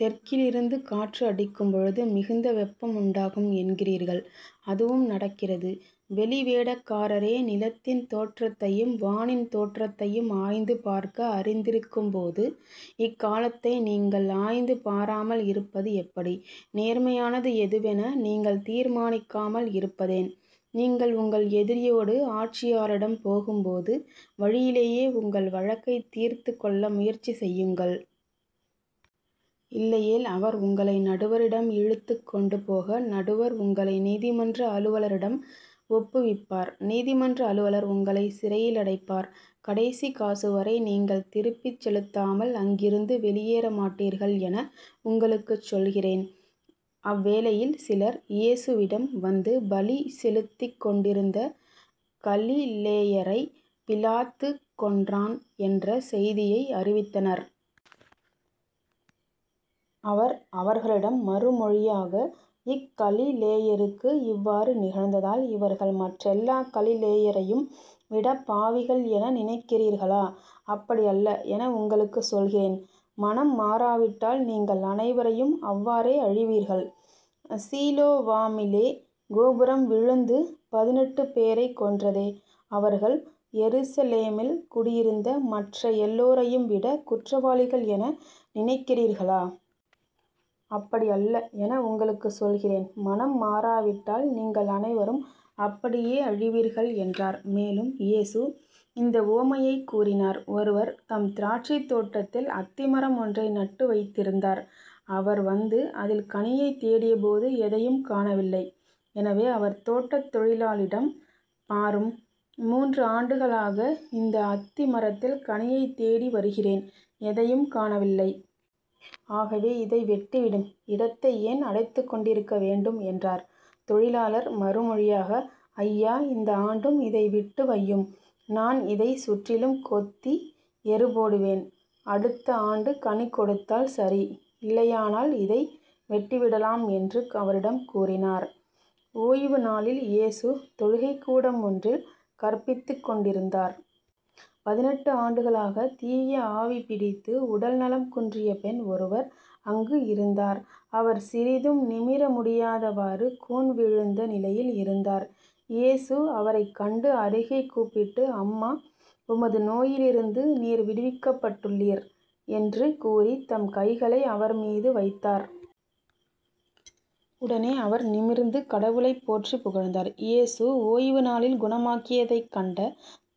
தெற்கிலிருந்து காற்று அடிக்கும்பொழுது மிகுந்த வெப்பம் உண்டாகும் என்கிறீர்கள். அதுவும் நடக்கிறது. வெளிவேடக்காரரே நிலத்தின் தோற்றத்தையும் வானின் தோற்றத்தையும் ஆய்ந்து பார்க்க அறிந்திருக்கும்போது இக்காலத்தை நீங்கள் ஆய்ந்து பாராமல் இருப்பது எப்படி? நேர்மையானது எதுவென நீங்கள் தீர்மானிக்காமல் இருப்பதேன்? நீங்கள் உங்கள் எதிரியோடு ஆட்சியாளரிடம் போகும்போது வழியிலேயே உங்கள் வழக்கைத் தீர்த்துக் கொள்ள முயற்சி செய்யுங்கள். இல்லையேல் அவர் உங்களை நடுவரிடம் இழுத்துக்கொண்டு போக நடுவர் உங்களை நீதிமன்ற அலுவலரிடம் ஒப்புவிப்பார் நீதிமன்ற அலுவலர் உங்களைச் சிறையிலடைப்பார். கடைசிக் காசுவரை நீங்கள் திருப்பிச் செலுத்தாமல் அங்கிருந்து வெளியேறமாட்டீர்கள் என உங்களுக்குச் சொல்கிறேன். அவ்வேளையில் சிலர் இயேசுவிடம் வந்து பலி செலுத்திக் கொண்டிருந்த கலிலேயரைப் பிலாத்து கொன்றான் என்ற செய்தியை அறிவித்தனர். அவர் அவர்களிடம் மறுமொழியாக இக்கலிலேயருக்கு இவ்வாறு நிகழ்ந்ததால் இவர்கள் மற்றெல்லாக் கலிலேயரையும் விடப் பாவிகள் என நினைக்கிறீர்களா? அப்படி அல்ல என உங்களுக்குச் சொல்கிறேன். மனம் மாறாவிட்டால் நீங்கள் அனைவரையும் அவ்வாறே அழிவீர்கள். சீலோவாமிலே கோபுரம் விழுந்து பதினெட்டுப்பேரைக் கொன்றதே. அவர்கள் எருசலேமில் குடியிருந்த மற்ற எல்லாரையும்விடக் குற்றவாளிகள் என நினைக்கிறீர்களா? அப்படி அல்ல என உங்களுக்குச் சொல்கிறேன். மனம் மாறாவிட்டால் நீங்கள் அனைவரும் அப்படியே அழிவீர்கள் என்றார். மேலும் இயேசு இந்த உவமையைக் கூறினார் ஒருவர் தம் திராட்சைத் தோட்டத்தில் அத்திமரம் ஒன்றை நட்டு வைத்திருந்தார். அவர் வந்து அதில் கனியைத் தேடியபோது எதையும் காணவில்லை. எனவே அவர் தோட்டத் தொழிலாளிடம் பாரும் மூன்று ஆண்டுகளாக இந்த அத்தி மரத்தில் கனியைத் தேடி வருகிறேன் எதையும் காணவில்லை. ஆகவே இதை வெட்டிவிடும். இடத்தை ஏன் அடைத்துக்கொண்டிருக்க வேண்டும்? என்றார். தொழிலாளர் மறுமொழியாக ஐயா இந்த ஆண்டும் இதை விட்டுவையும் நான் இதைச் சுற்றிலும் கொத்தி எருபோடுவேன். அடுத்த ஆண்டு கனி கொடுத்தால் சரி இல்லையானால் இதை வெட்டிவிடலாம் என்று அவரிடம் கூறினார். ஓய்வுநாளில் இயேசு தொழுகைக்கூடம் ஒன்றில் கற்பித்துக்கொண்டிருந்தார். பதினெட்டு ஆண்டுகளாகத் தீய ஆவி பிடித்து உடல்நலம் குன்றிய பெண் ஒருவர் அங்கு இருந்தார். அவர் சிறிதும் நிமிர முடியாதவாறு கூன் விழுந்த நிலையில் இருந்தார். இயேசு அவரைக் கண்டு அருகே கூப்பிட்டு அம்மா உமது நோயிலிருந்து நீர் விடுவிக்கப்பட்டுள்ளீர் என்று கூறி தம் கைகளை அவர் மீது வைத்தார். உடனே அவர் நிமிர்ந்து கடவுளைப் போற்றிப் புகழ்ந்தார். இயேசு ஓய்வுநாளில் குணமாக்கியதைக் கண்ட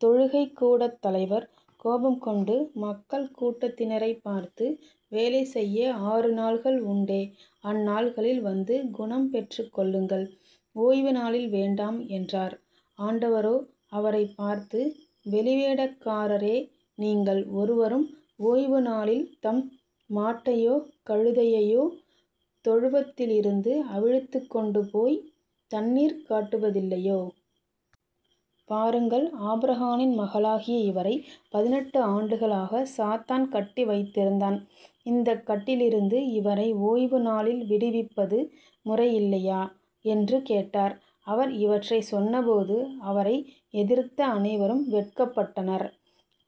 தொழுகைக்கூடத் தலைவர் கோபம்கொண்டு மக்கள் கூட்டத்தினரைப் பார்த்து வேலை செய்ய ஆறு நாள்கள் உண்டே அந்நாள்களில் வந்து குணம் பெற்றுக்கொள்ளுங்கள் ஓய்வுநாளில் வேண்டாம் என்றார். ஆண்டவரோ அவரைப் பார்த்து வெளிவேடக்காரரே நீங்கள் ஒருவரும் ஓய்வுநாளில் தம் மாட்டையோ கழுதையையோ தொழுவத்திலிருந்து அவிழ்த்துக் கொண்டு போய்த் தண்ணீர் காட்டுவதில்லையோ? பாருங்கள் ஆபிரகாமின் மகளாகிய இவரைப் பதினெட்டு ஆண்டுகளாகச் சாத்தான் கட்டி வைத்திருந்தான். இந்தக் கட்டிலிருந்து இவரை ஓய்வுநாளில் விடுவிப்பது முறையில்லையா? என்று கேட்டார். அவர் இவற்றைச் சொன்னபோது அவரை எதிர்த்த அனைவரும் வெட்கப்பட்டனர்.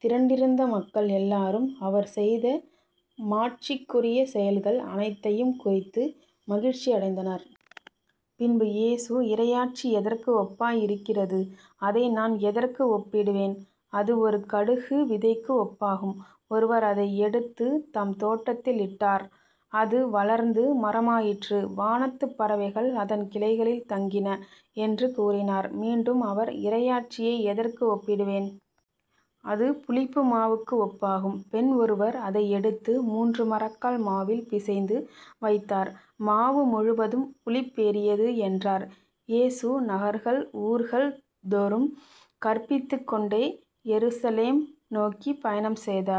திரண்டிருந்த மக்கள் எல்லாரும் அவர் செய்த மாட்சிக்குரிய செயல்கள் அனைத்தையும் குறித்து மகிழ்ச்சி அடைந்தனர். பின்பு இயேசு இறையாட்சி எதற்கு ஒப்பாயிருக்கிறது? அதை நான் எதற்கு ஒப்பிடுவேன்? அது ஒரு கடுகு விதைக்கு ஒப்பாகும். ஒருவர் அதை எடுத்துத் தம் தோட்டத்தில் இட்டார். அது வளர்ந்து மரமாயிற்று. வானத்துப் பறவைகள் அதன் கிளைகளில் தங்கின என்று கூறினார். மீண்டும் அவர் இறையாட்சியை எதற்கு ஒப்பிடுவேன்? அது புளிப்புமாவுக்கு ஒப்பாகும். பெண் ஒருவர் அதை எடுத்து மூன்று மரக்கால் மாவில் பிசைந்து வைத்தார். மாவு முழுவதும் புளிப்பேறியது என்றார். இயேசு நகர்கள் ஊர்கள் தோறும் கற்பித்துக்கொண்டே எருசலேம் நோக்கிப் பயணம் செய்தார்.